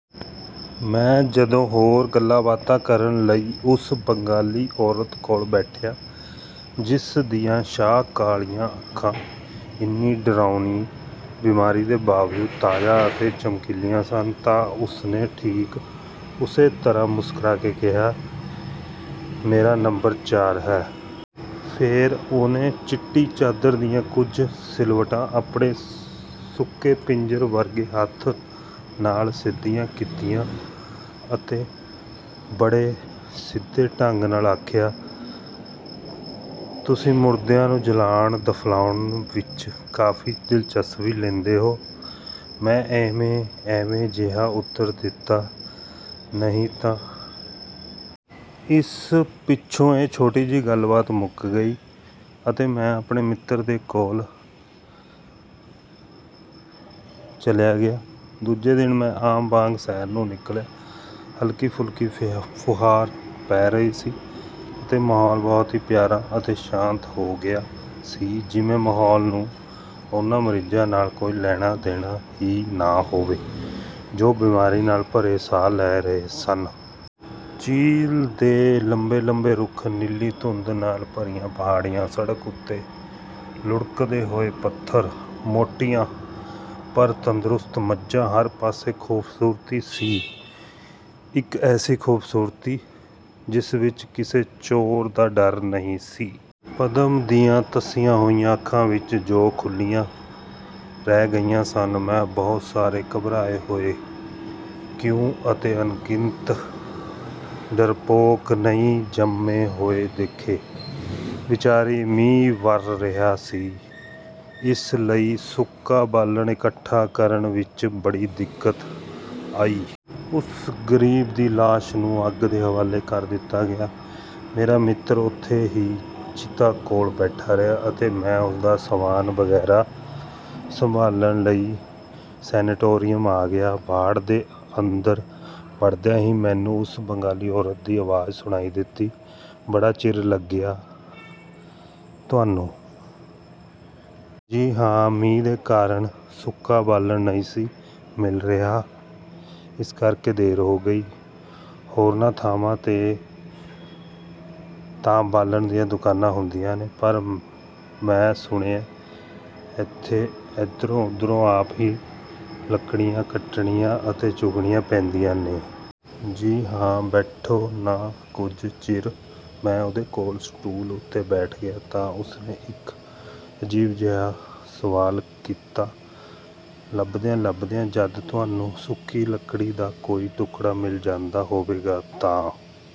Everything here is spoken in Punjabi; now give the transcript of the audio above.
ਮੈਂ ਜਦੋਂ ਹੋਰ ਗੱਲਾਂ-ਬਾਤਾਂ ਕਰਨ ਲਈ ਉਸ ਬੰਗਾਲੀ ਔਰਤ ਕੋਲ ਬੈਠਿਆ, ਜਿਸ ਦੀਆਂ ਸ਼ਾਹ-ਕਾਲੀਆਂ ਅੱਖਾਂ, ਇੰਨੀ ਡਰਾਉਣੀ ਬੀਮਾਰੀ ਦੇ ਬਾਵਜੂਦ ਤਾਜ਼ਾ ਅਤੇ ਚਮਕੀਲੀਆਂ ਸਨ, ਤਾਂ ਉਸਨੇ ਠੀਕ ਉਸੇ ਤਰ੍ਹਾਂ ਮੁਸਕਰਾ ਕੇ ਕਿਹਾ, “ਮੇਰਾ ਨੰਬਰ ਚਾਰ ਹੈ।” ਫੇਰ ਉਹਨੇ ਚਿੱਟੀ ਚਾਦਰ ਦੀਆਂ ਕੁਝ ਸਿਲਵਟਾਂ ਆਪਣੇ ਸੁੱਕੇ ਪਿੰਜਰ ਵਰਗੇ ਹੱਥ ਨਾਲ ਸਿੱਧੀਆਂ ਕੀਤੀਆਂ ਅਤੇ ਬੜੇ ਸਿੱਧੇ ਢੰਗ ਨਾਲ ਆਖਿਆ, “ਤੁਸੀਂ ਮੁਰਦਿਆਂ ਨੂੰ ਜਲਾਉਣ-ਦਫ਼ਨਾਉਣ ਵਿੱਚ ਕਾਫ਼ੀ ਦਿਲਚਸਪੀ ਲੈਂਦੇ ਹੋ।” ਮੈਂ ਐਵੇਂ-ਜਿਹਾ ਉੱਤਰ ਦਿੱਤਾ, “ਨਹੀਂ ਤਾਂ।” ਇਸ ਪਿੱਛੋਂ ਇਹ ਛੋਟੀ ਜਿਹੀ ਗੱਲ-ਬਾਤ ਮੁੱਕ ਗਈ ਅਤੇ ਮੈਂ ਆਪਣੇ ਮਿੱਤਰ ਦੇ ਕੋਲ ਚਲਿਆ ਗਿਆ। ਦੂਜੇ ਦਿਨ ਮੈਂ ਆਮ ਵਾਂਗ ਸੈਰ ਨੂੰ ਨਿਕਲਿਆ। ਹਲਕੀ-ਹਲਕੀ ਫ਼ੁਹਾਰ ਪੈ ਰਹੀ ਸੀ ਅਤੇ ਮਾਹੌਲ ਬਹੁਤ ਹੀ ਪਿਆਰਾ ਅਤੇ ਸ਼ਾਂਤ ਹੋ ਗਿਆ ਸੀ, ਜਿਵੇਂ ਮਾਹੌਲ ਨੂੰ ਉਹਨਾਂ ਮਰੀਜ਼ਾਂ ਨਾਲ ਕੋਈ ਲੈਣਾ-ਦੇਣਾ ਹੀ ਨਾ ਹੋਵੇ, ਜੋ ਬੀਮਾਰੀ ਨਾਲ ਭਰੇ ਸਾਹ ਲੈ ਰਹੇ ਸਨ। ਚੀਲ੍ਹ ਦੇ ਲੰਬੇ-ਲੰਬੇ ਰੁੱਖ, ਨੀਲੀ ਧੁੰਦ ਨਾਲ ਭਰੀਆਂ ਪਹਾੜੀਆਂ, ਸੜਕ ਉੱਤੇ ਲੁੜਕਦੇ ਹੋਏ ਪੱਥਰ, ਮੋਟੀਆਂ ਪਰ ਤੰਦਰੁਸਤ ਮੱਝਾਂ, ਹਰ ਪਾਸੇ ਖ਼ੂਬਸੂਰਤੀ ਸੀ। ਇੱਕ ਐਸੀ ਖ਼ੂਬਸੂਰਤੀ, ਜਿਸ ਵਿੱਚ ਕਿਸੇ ਚੋਰ ਦਾ ਡਰ ਨਹੀਂ ਸੀ। ਪਦਮਾ ਦੀਆਂ ਧਸੀਆਂ ਹੋਈਆਂ ਅੱਖਾਂ ਵਿੱਚ, ਜੋ ਖੁੱਲ੍ਹੀਆਂ ਰਹਿ ਗਈਆਂ ਸਨ, ਮੈਂ ਬਹੁਤ ਸਾਰੇ ਘਬਰਾਏ ਹੋਏ ‘ਕਿਉਂ’ ਅਤੇ ਅਣਗਿਣਤ ਡਰਪੋਕ ‘ਨਹੀਂ’ ਜੰਮੇ ਹੋਏ ਦੇਖੇ। ਵਿਚਾਰੀ! ਮੀਂਹ ਵਰ੍ਹ ਰਿਹਾ ਸੀ, ਇਸ ਲਈ ਸੁੱਕਾ ਬਾਲਣ ਇਕੱਠਾ ਕਰਨ ਵਿੱਚ ਬੜੀ ਦਿੱਕਤ ਆਈ। ਉਸ ਗਰੀਬ ਦੀ ਲਾਸ਼ ਨੂੰ ਅੱਗ ਦੇ ਹਵਾਲੇ ਕਰ ਦਿੱਤਾ ਗਿਆ। ਮੇਰਾ ਮਿੱਤਰ ਓਥੇ ਹੀ ਚਿਤਾ ਕੋਲ ਬੈਠਾ ਰਿਹਾ ਅਤੇ ਮੈਂ ਉਸਦਾ ਸਾਮਾਨ ਵਗੈਰਾ ਸੰਭਾਲਣ ਲਈ ਸੈਨੇਟੋਰੀਅਮ ਆ ਗਿਆ। ਵਾਰਡ ਦੇ ਅੰਦਰ ਵੜਦਿਆਂ ਹੀ ਮੈਨੂੰ ਉਸ ਬੰਗਾਲੀ ਔਰਤ ਦੀ ਆਵਾਜ਼ ਸੁਣਾਈ ਦਿੱਤੀ, “ਬੜਾ ਚਿਰ ਲੱਗ ਗਿਆ ਤੁਹਾਨੂੰ।” “ਜੀ ਹਾਂ। ਮੀਂਹ ਦੇ ਕਾਰਨ ਸੁੱਕਾ ਬਾਲਣ ਨਹੀਂ ਸੀ ਮਿਲ ਰਿਹਾ, ਇਸ ਕਰਕੇ ਦੇਰ ਹੋ ਗਈ।” “ਹੋਰਨਾਂ ਥਾਵਾਂ ’ਤੇ ਤਾਂ ਬਾਲਣ ਦੀਆਂ ਦੁਕਾਨਾਂ ਹੁੰਦੀਆਂ ਨੇ, ਪਰ ਮੈਂ ਸੁਣਿਐਂ ਏਥੇ ਏਧਰੋਂ-ਓਧਰੋਂ ਆਪ ਹੀ ਲੱਕੜੀਆਂ ਕੱਟਣੀਆਂ ਅਤੇ ਚੁਗਣੀਆਂ ਪੈਂਦੀਆਂ ਨੇ।” “ਜੀ ਹਾਂ।” “ਬੈਠੋ ਨਾ, ਕੁਝ ਚਿਰ।” ਮੈਂ ਉਹਦੇ ਕੋਲ ਸਟੂਲ ਉੱਤੇ ਬੈਠ ਗਿਆ ਤਾਂ ਉਸਨੇ ਇੱਕ ਅਜੀਬ ਜਿਹਾ ਸਵਾਲ ਕੀਤਾ, “ਲੱਭਦਿਆਂ-ਲੱਭਦਿਆਂ ਜਦ ਤੁਹਾਨੂੰ ਸੁੱਕੀ ਲੱਕੜੀ ਦਾ ਕੋਈ ਟੁਕੜਾ ਮਿਲ ਜਾਂਦਾ ਹੋਵੇਗਾ ਤਾਂ